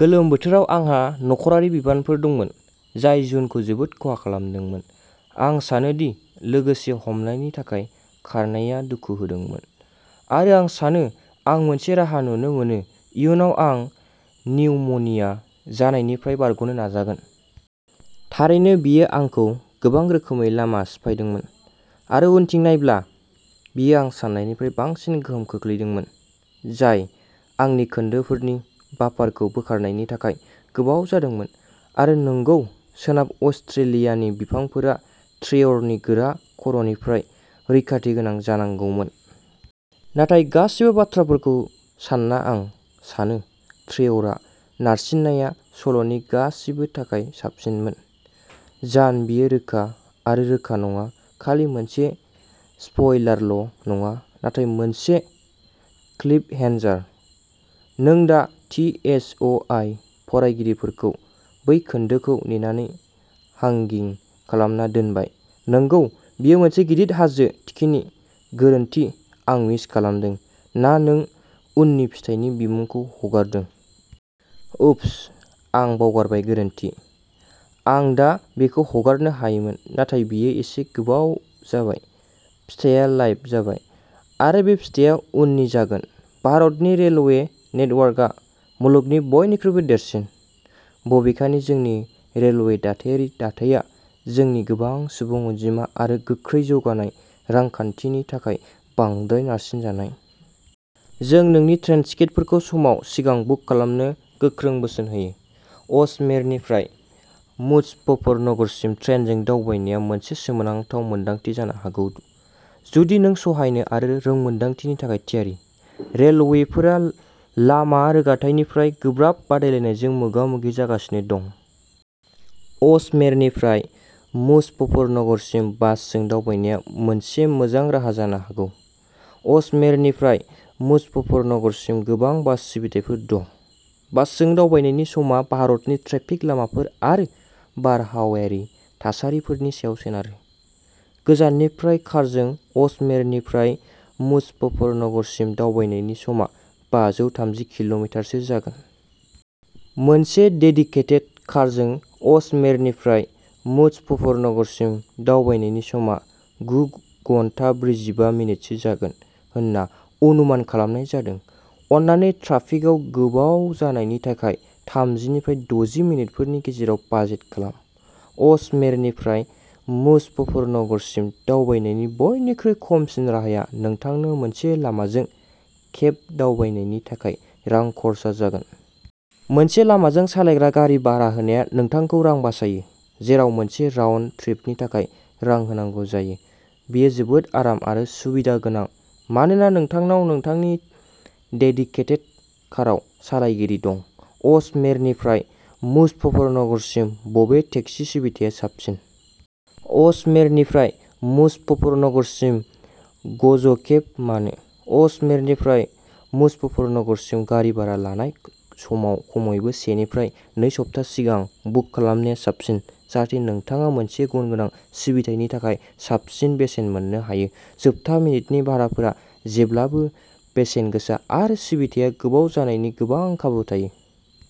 गोलोम बोथोराव आंहा नखरारि बिबानफोर दंमोन जाय जुनखौ जोबोद खहा खालामदोंमोन। आं सानो दि लोगोसे हमनायनि थाखाय खारनाया दुखु होदोंमोन आरो आं सानो आं मोनसे राहा नुनो मोनो इयुनाव आं निउम'निया जानायनिफ्राय बारग'नो नाजागोन। थारैनो बेयो आंखौ गोबां रोखोमै लामा सिफायदोंमोन आरो उनथिं नायब्ला बेयो आं सान्नायनिफ्राय बांसिन गोहोम खोख्लैदोंमोन जाय आंनि खोन्दोफोरनि बाफारखौ बोखारनायनि थाखाय गोबाव जादोंमोन आरो नंगौ सोनाब अस्ट्रेलियानि बिफांफोरा ट्रेवरनि गोरा खर'निफ्राय रैखाथि गोनां जानांगौमोन। नाथाय गासैबो बाथ्राफोरखौ सान्ना आं सानो ट्रेवरआ नारसिननाया सल'नि गासिबो थाखाय साबसिनमोन। जान बेयो रोखा आरो रोखा नङा खालि मोनसे स्पइलारल' नङा नाथाय मोनसे क्लिफहेन्जार! नों दा थि एस अ आइ फरायगिरिफोरखौ बै खोन्दोखौ नेनानै हांगिं खालामना दोनबाय नंगौ बेयो मोनसे गिदिर हाजो थिखिनि गोरोन्थि आं मिस खालामदों ना नों उननि फिथाइनि बिमुंखौ हगारदों? उफ्स आं बावगारबाय गोरोन्थि आं दा बेखौ हगारनो हायोमोन नाथाय बेयो एसे गोबाव जाबाय फिथाया लाइभ जाबाय आरो बे फिथाया उननि जागोन। भारतनि रेलवे नेटवर्कआ मुलुगनि बयनिख्रुइबो देरसिन। बबेखानि जोंनि रेलवे दाथायारि दाथाइया जोंनि गोबां सुबुं अनजिमा आरो गोख्रै जौगानाय रांखान्थिनि थाखाय बांद्राय नारसिनजानाय। जों नोंनि ट्रेन टिकेटफोरखौ समाव सिगां बुक खालामनो गोख्रों बोसोन होयो। अजमेरनिफ्राय मुजफ्फरनगरसिम ट्रेनजों दावबायनाया मोनसे सोमोनांथाव मोनदांथि जानो हागौ जुदि नों सहायनो आरो रोंमोन्दांथिनि थाखाय थियारि। रेलवेफोरा लामा रोगाथाइनिफ्राय गोब्राब बादायलायनायजों मोगा-मोगि जागासिनो दं। अजमेरनिफ्राय मुजफ्फरनगरसिम बासजों दावबायनाया मोनसे मोजां राहा जानो हागौ। अजमेरनिफ्राय मुजफ्फरनगरसिम गोबां बास सिबिथायफोर दं। बासजों दावबायनायनि समा भारतनि ट्रेफिक लामाफोर आरो बारहावायारि थासारिफोरनि सायाव सोनारो। गोजाननिफ्राय कारजों अजमेरनिफ्राय मुजफ्फरनगरसिम दावबायनायनि समा बाजौ थामजि किल'मिटारसो जागोन। मोनसे डेडिकेटेड कारजों अजमेरनिफ्राय मुजफ्फरनगरसिम दावबायनायनि समआ गु घन्टा ब्रैजिबा मिनिटसो जागोन होनना अनुमान खालामनाय जादों। अन्नानै ट्राफिकाव गोबाव जानायनि थाखाय थामजिनिफ्राय दजि मिनिटफोरनि गेजेराव बाजेट खालाम। अजमेरनिफ्राय मुजफ्फरनगरसिम दावबायनायनि बयनिख्रुइ खमसिन राहाया नोंथांनो मोनसे लामाजों केब दावबायनायनि थाखाय रां खर्सा जागोन। मोनसे लामाजों सालायग्रा गारि भारा होनाया नोंथांखौ रां बासायो जेराव मोनसे राउन्ड ट्रिपनि थाखाय रां होनांगौ जायो। बेयो जोबोद आराम आरो सुबिदा गोनां मानोना नोंथांनाव नोंथांनि डेडिकेटेड कारआव सालायगिरि दं। अजमेरनिफ्राय मुजफ्फरनगरसिम बबे टेक्सि सिबिथाया साबसिन? अजमेरनिफ्राय मुजफ्फरनगरसिम ग'ज'केब मानो? अजमेरनिफ्राय मुजफ्फरनगरसिम गारि भारा लानाय समाव खमैबो सेनिफ्राय नै सप्ता सिगां बुक खालामनाया साबसिन जाहाथे नोंथाङा मोनसे गुनगोनां सिबिथायनि थाखाय साबसिन बेसेन मोननो हायो। जोबथा मिनिटनि भाराफोरा जेब्लाबो बेसेन गोसा आरो सिबिथाया गोबाव जानायनि गोबां खाबु थायो।